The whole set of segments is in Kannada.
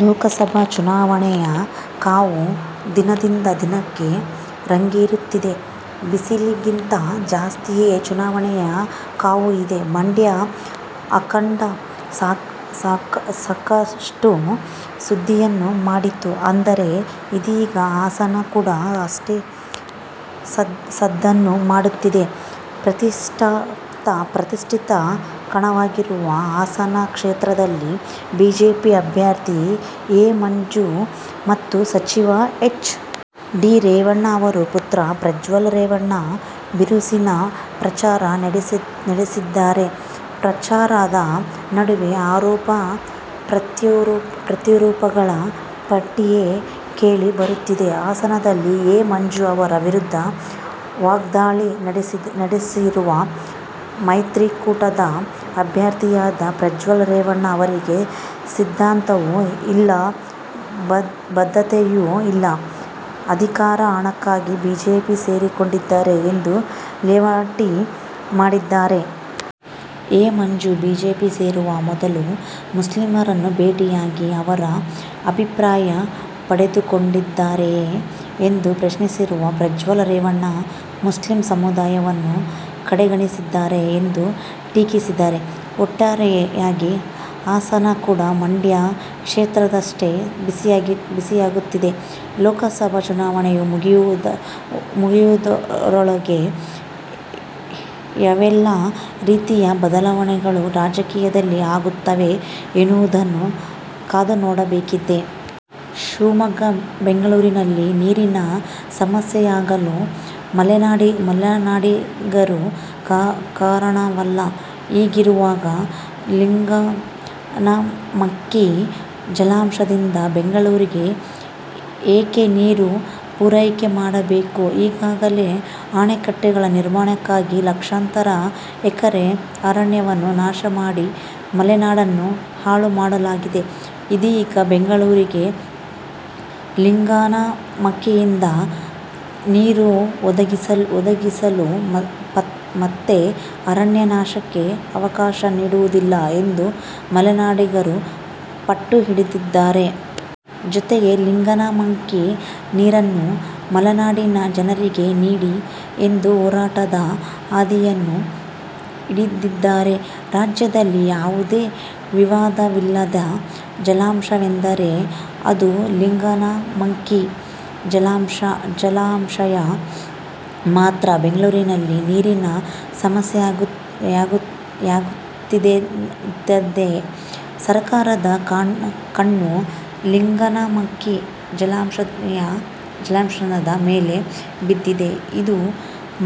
ಲೋಕ ಸಭಾ ಚುನಾವಣೆಯ ಕಾವು ದಿನದಿಂದ ದಿನಕ್ಕೆ ರಂಗೇರುತ್ತಿದೆ.. ಬಿಸಿಲಿಗಿಂತ ಜಾಸ್ತಿಯೇ ಚುನಾವಣೆಯ ಕಾವು ಇದೆ. ಮಂಡ್ಯ ಅಖಾಡ ಸಾಕಷ್ಟು ಸುದ್ದಿಯನ್ನು ಮಾಡಿತ್ತು. ಆದರೆ ಇದೀಗ ಹಾಸನ ಕೂಡ ಅಷ್ಟೆ ಸದ್ದನ್ನು ಮಾಡುತ್ತಿದೆ. ಪ್ರತಿಷ್ಠಿತ ಕಣವಾಗಿರುವ ಹಾಸನ ಕ್ಷೇತ್ರದಲ್ಲಿ ಬಿಜೆಪಿ ಅಭ್ಯರ್ಥಿ ಎ. ಮಂಜು ಮತ್ತು ಸಚಿವ ಹೆಚ್. ಡಿ. ರೇವಣ್ಣ ಅವರ ಪುತ್ರ ಪ್ರಜ್ವಲ್ ರೇವಣ್ಣ ಬಿರುಸಿನ ಪ್ರಚಾರ ನಡೆಸಿದ್ದಾರೆ. ಪ್ರಚಾರದ ನಡುವೆ ಆರೋಪ ಪ್ರತ್ಯಾರೋಪಗಳ ಪಟ್ಟಿಯೇ ಕೇಳಿ ಬರುತ್ತಿದೆ. ಹಾಸನದಲ್ಲಿ ಎ. ಮಂಜು ಅವರ ವಿರುದ್ಧ ವಾಗ್ದಾಳಿ ನಡೆಸಿರುವ ಮೈತ್ರಿಕೂಟದ ಅಭ್ಯರ್ಥಿಯಾದ ಪ್ರಜ್ವಲ್ ರೇವಣ್ಣ ಅವರಿಗೆ ಸಿದ್ಧಾಂತವೂ ಇಲ್ಲ, ಬದ್ಧತೆಯೂ ಇಲ್ಲ. ಅಧಿಕಾರ, ಹಣಕ್ಕಾಗಿ ಬಿಜೆಪಿ ಸೇರಿಕೊಂಡಿದ್ದಾರೆ ಎಂದು ಲೇವಡಿ ಮಾಡಿದ್ದಾರೆ. ಎ. ಮಂಜು ಬಿಜೆಪಿ ಸೇರುವ ಮೊದಲು ಮುಸ್ಲಿಮರನ್ನು ಭೇಟಿಯಾಗಿ ಅವರ ಅಭಿಪ್ರಾಯ ಪಡೆದುಕೊಂಡಿದ್ದಾರೆಯೇ ಎಂದು ಪ್ರಶ್ನಿಸಿರುವ ಪ್ರಜ್ವಲ್ ರೇವಣ್ಣ, ಮುಸ್ಲಿಂ ಸಮುದಾಯವನ್ನು ಕಡೆಗಣಿಸಿದ್ದಾರೆ ಎಂದು ಟೀಕಿಸಿದ್ದಾರೆ. ಒಟ್ಟಾರೆಯಾಗಿ ಹಾಸನ ಕೂಡ ಮಂಡ್ಯ ಕ್ಷೇತ್ರದಷ್ಟೆ ಬಿಸಿಯಾಗುತ್ತಿದೆ. ಲೋಕಸಭಾ ಚುನಾವಣೆ ಮುಗಿಯುವುದರೊಳಗೆ ಯಾವೆಲ್ಲಾ ರೀತಿಯ ಬದಲಾವಣೆಗಳು ರಾಜಕೀಯದಲ್ಲಿ ಆಗುತ್ತವೆ ಎನ್ನುವುದನ್ನು ಕಾದುನೋಡಬೇಕಿದೆ. ಶಿವಮೊಗ್ಗ: ಬೆಂಗಳೂರಿನಲ್ಲಿ ನೀರಿನ ಸಮಸ್ಯೆಯಾಗಲು ಮಲೆನಾಡಿಗರು ಕಾರಣವಲ್ಲ. ಹೀಗಿರುವಾಗ ಲಿಂಗನಮಕ್ಕಿ ಜಲಾಶಯದಿಂದ ಬೆಂಗಳೂರಿಗೆ ಏಕೆ ನೀರು ಪೂರೈಕೆ ಮಾಡಬೇಕು. ಈಗಾಗಲೇ ಅಣೆಕಟ್ಟೆಗಳ ನಿರ್ಮಾಣಕ್ಕಾಗಿ ಲಕ್ಷಾಂತರ ಎಕರೆ ಅರಣ್ಯವನ್ನು ನಾಶ ಮಾಡಿ ಮಲೆನಾಡನ್ನೇ ಹಾಳು ಮಾಡಲಾಗಿದೆ. ಇದೀಗ ಬೆಂಗಳೂರಿಗೆ ಲಿಂಗನಮಕ್ಕಿಯಿಂದ ನೀರು ಒದಗಿಸಲು ಮತ್ತೆ ಅರಣ್ಯ ನಾಶಕ್ಕೆ ಅವಕಾಶ ನೀಡುವುದಿಲ್ಲ ಎಂದು ಮಲೆನಾಡಿಗರು ಪಟ್ಟು ಹಿಡಿದಿದ್ದಾರೆ. ಜೊತೆಗೆ ಲಿಂಗನಮಕ್ಕಿ ನೀರನ್ನು ಮಲೆನಾಡಿನ ಜನರಿಗೇ ನೀಡಿ ಎಂದು ಹೋರಾಟದ ಹಾದಿಯನ್ನೂ ಹಿಡಿದಿದ್ದಾರೆ. ರಾಜ್ಯದಲ್ಲಿ ಯಾವುದೇ ವಿವಾದವಿಲ್ಲದ ಜಲಾಶಯವೆಂದರೆ ಅದು ಲಿಂಗನಮಕ್ಕಿ ಜಲಾಶಯ ಮಾತ್ರ. ಬೆಂಗಳೂರಿನಲ್ಲಿ ನೀರಿನ ಸಮಸ್ಯೆಯಾಗುತ್ತಿದ್ದಂತೆ ಸರ್ಕಾರದ ಕಣ್ಣು ಲಿಂಗನಮಕ್ಕಿ ಜಲಾಶಯದ ಮೇಲೆ ಬಿದ್ದಿದೆ. ಇದು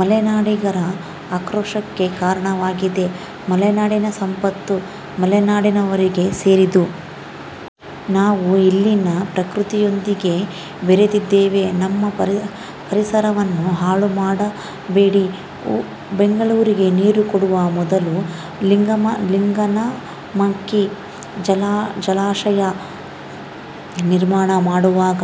ಮಲೆನಾಡಿಗರ ಆಕ್ರೋಶಕ್ಕೆ ಕಾರಣವಾಗಿದೆ. ಮಲೆನಾಡಿನ ಸಂಪತ್ತು ಮಲೆನಾಡಿನವರಿಗೆ ಸೇರಿದ್ದು. ನಾವು ಇಲ್ಲಿನ ಪ್ರಕೃತಿಯೊಂದಿಗೆ ಬೆರೆತಿದ್ದೇವೆ. ನಮ್ಮ ಪರಿಸರವನ್ನು ಹಾಳು ಮಾಡಬೇಡಿ. ಬೆಂಗಳೂರಿಗೆ ನೀರು ಕೊಡುವ ಮೊದಲು ಲಿಂಗನಮಕ್ಕಿ ಜಲಾಶಯ ನಿರ್ಮಾಣ ಮಾಡುವಾಗ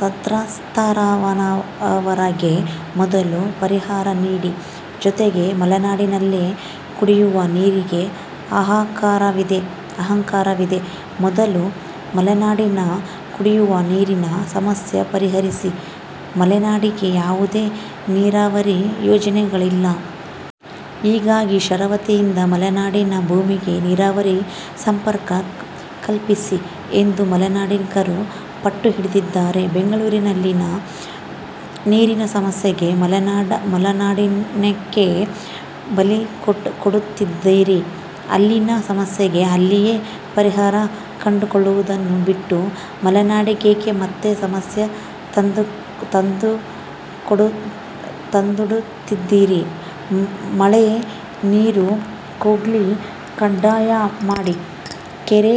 ಸಂತ್ರಸ್ಥರಾದವರಿಗೆ ಮೊದಲು ಪರಿಹಾರ ನೀಡಿ. ಜೊತೆಗೆ ಮಲೆನಾಡಿನಲ್ಲೇ ಕುಡಿಯುವ ನೀರಿಗೆ ಹಾಹಾಕಾರವಿದೆ. ಮೊದಲು ಮಲೆನಾಡಿನ ಕುಡಿಯುವ ನೀರಿನ ಸಮಸ್ಯೆ ಪರಿಹರಿಸಿ. ಮಲೆನಾಡಿಗೆ ಯಾವುದೇ ನೀರಾವರಿ ಯೋಜನೆಗಳಿಲ್ಲ. ಹೀಗಾಗಿ ಶರಾವತಿಯಿಂದ ಮಲೆನಾಡಿನ ಭೂಮಿಗೆ ನೀರಾವರಿ ಸಂಪರ್ಕ ಕಲ್ಪಿಸಿ ಎಂದು ಮಲೆನಾಡಿಗರು ಪಟ್ಟು ಹಿಡಿದಿದ್ದಾರೆ. ಬೆಂಗಳೂರಿನಲ್ಲಿನ ನೀರಿನ ಸಮಸ್ಯೆಗೆ ಮಲೆನಾಡನ್ನೇಕೆ ಬಲಿಕೊಡುತ್ತೀರಿ. ಅಲ್ಲಿನ ಸಮಸ್ಯೆಗೆ ಅಲ್ಲಿಯೇ ಪರಿಹಾರ ಕಂಡುಕೊಳ್ಳುವುದನ್ನು ಬಿಟ್ಟು ಮಲೆನಾಡಿಗೇಕೆ ಮತ್ತೆ ಸಮಸ್ಯೆ ತಂದೊಡ್ಡುತ್ತಿದ್ದೀರಿ. ಮಳೆ ನೀರುಕೊಯ್ಲು ಕಡ್ಡಾಯ ಮಾಡಿ. ಕೆರೆ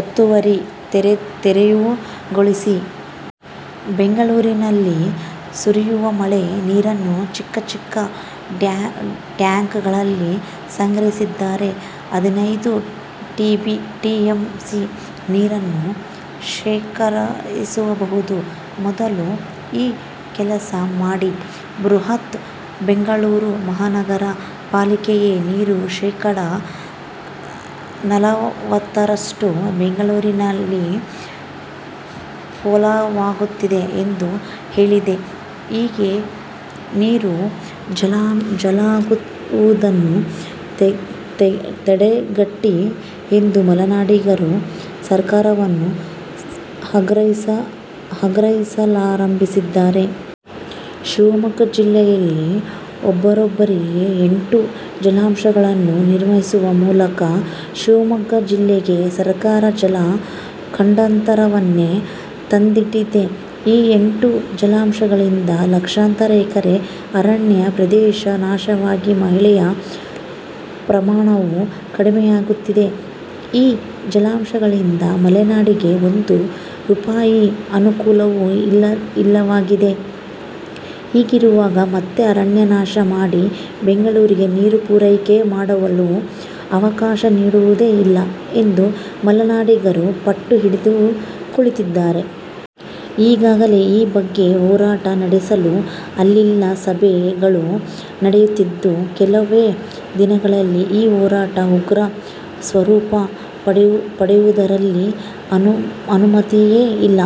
ಒತ್ತುವರಿ ತೆರವುಗೊಳಿಸಿ. ಬೆಂಗಳೂರಿನಲ್ಲಿ ಸುರಿಯುವ ಮಳೆ ನೀರನ್ನು ಚಿಕ್ಕ ಚಿಕ್ಕ ಡ್ಯಾಂಗಳಲ್ಲಿ ಸಂಗ್ರಹಿಸಿದರೆ ಹದಿನೈದು ಟಿಎಂಸಿ ನೀರನ್ನು ಶೇಖರಿಸಬಹುದು. ಮೊದಲು ಈ ಕೆಲಸ ಮಾಡಿ. ಬೃಹತ್ ಬೆಂಗಳೂರು ಮಹಾನಗರ ಪಾಲಿಕೆಯೇ ನೀರು ಶೇಕಡಾ ನಲವತ್ತರಷ್ಟು ಬೆಂಗಳೂರಿನಲ್ಲಿ ಪೋಲಾಗುತ್ತಿದೆ ಎಂದು ಹೇಳಿದೆ. ಹೀಗೆ ನೀರು ಪೋಲಾಗುವುದನ್ನು ತಡೆಗಟ್ಟಿ ಎಂದು ಮಲೆನಾಡಿಗರು ಸರ್ಕಾರವನ್ನು ಆಗ್ರಹಿಸಲಾರಂಭಿಸಿದ್ದಾರೆ. ಶಿವಮೊಗ್ಗ ಜಿಲ್ಲೆಯಲ್ಲಿ ಬರೋಬ್ಬರಿ ಎಂಟು ಜಲಾಶಯಗಳನ್ನು ನಿರ್ಮಿಸುವ ಮೂಲಕ ಶಿವಮೊಗ್ಗ ಜಿಲ್ಲೆಗೆ ಸರ್ಕಾರ ಜಲ ಗಂಡಾಂತರವನ್ನೇ ತಂದಿಟ್ಟಿದೆ. ಈ ಎಂಟು ಜಲಾಶಯಗಳಿಂದ ಲಕ್ಷಾಂತರ ಎಕರೆ ಅರಣ್ಯ ಪ್ರದೇಶ ನಾಶವಾಗಿ ಮಳೆಯ ಪ್ರಮಾಣವೂ ಕಡಿಮೆಯಾಗಿದೆ. ಈ ಜಲಾಶಯಗಳಿಂದ ಮಲೆನಾಡಿಗೆ ಒಂದು ರೂಪಾಯಿ ಅನುಕೂಲವೂ ಇಲ್ಲವಾಗಿದೆ. ಹೀಗಿರುವಾಗ ಮತ್ತೆ ಅರಣ್ಯ ನಾಶ ಮಾಡಿ ಬೆಂಗಳೂರಿಗೆ ನೀರು ಪೂರೈಕೆ ಮಾಡಲು ಅವಕಾಶ ನೀಡುವುದೇ ಇಲ್ಲ ಎಂದು ಮಲೆನಾಡಿಗರು ಪಟ್ಟು ಹಿಡಿದು ಕುಳಿತಿದ್ದಾರೆ. ಈಗಾಗಲೇ ಈ ಬಗ್ಗೆ ಹೋರಾಟ ನಡೆಸಲು ಅಲ್ಲಲ್ಲಿ ಸಭೆಗಳೂ ನಡೆಯಿತ್ತಿದ್ದು. ಕೆಲವೇ ದಿನಗಳಲ್ಲಿ ಈ ಹೋರಾಟ ಉಗ್ರ ಸ್ವರೂಪ ಪಡೆಯುವುದರಲ್ಲಿ ಅನುಮಾನವೇ ಇಲ್ಲ.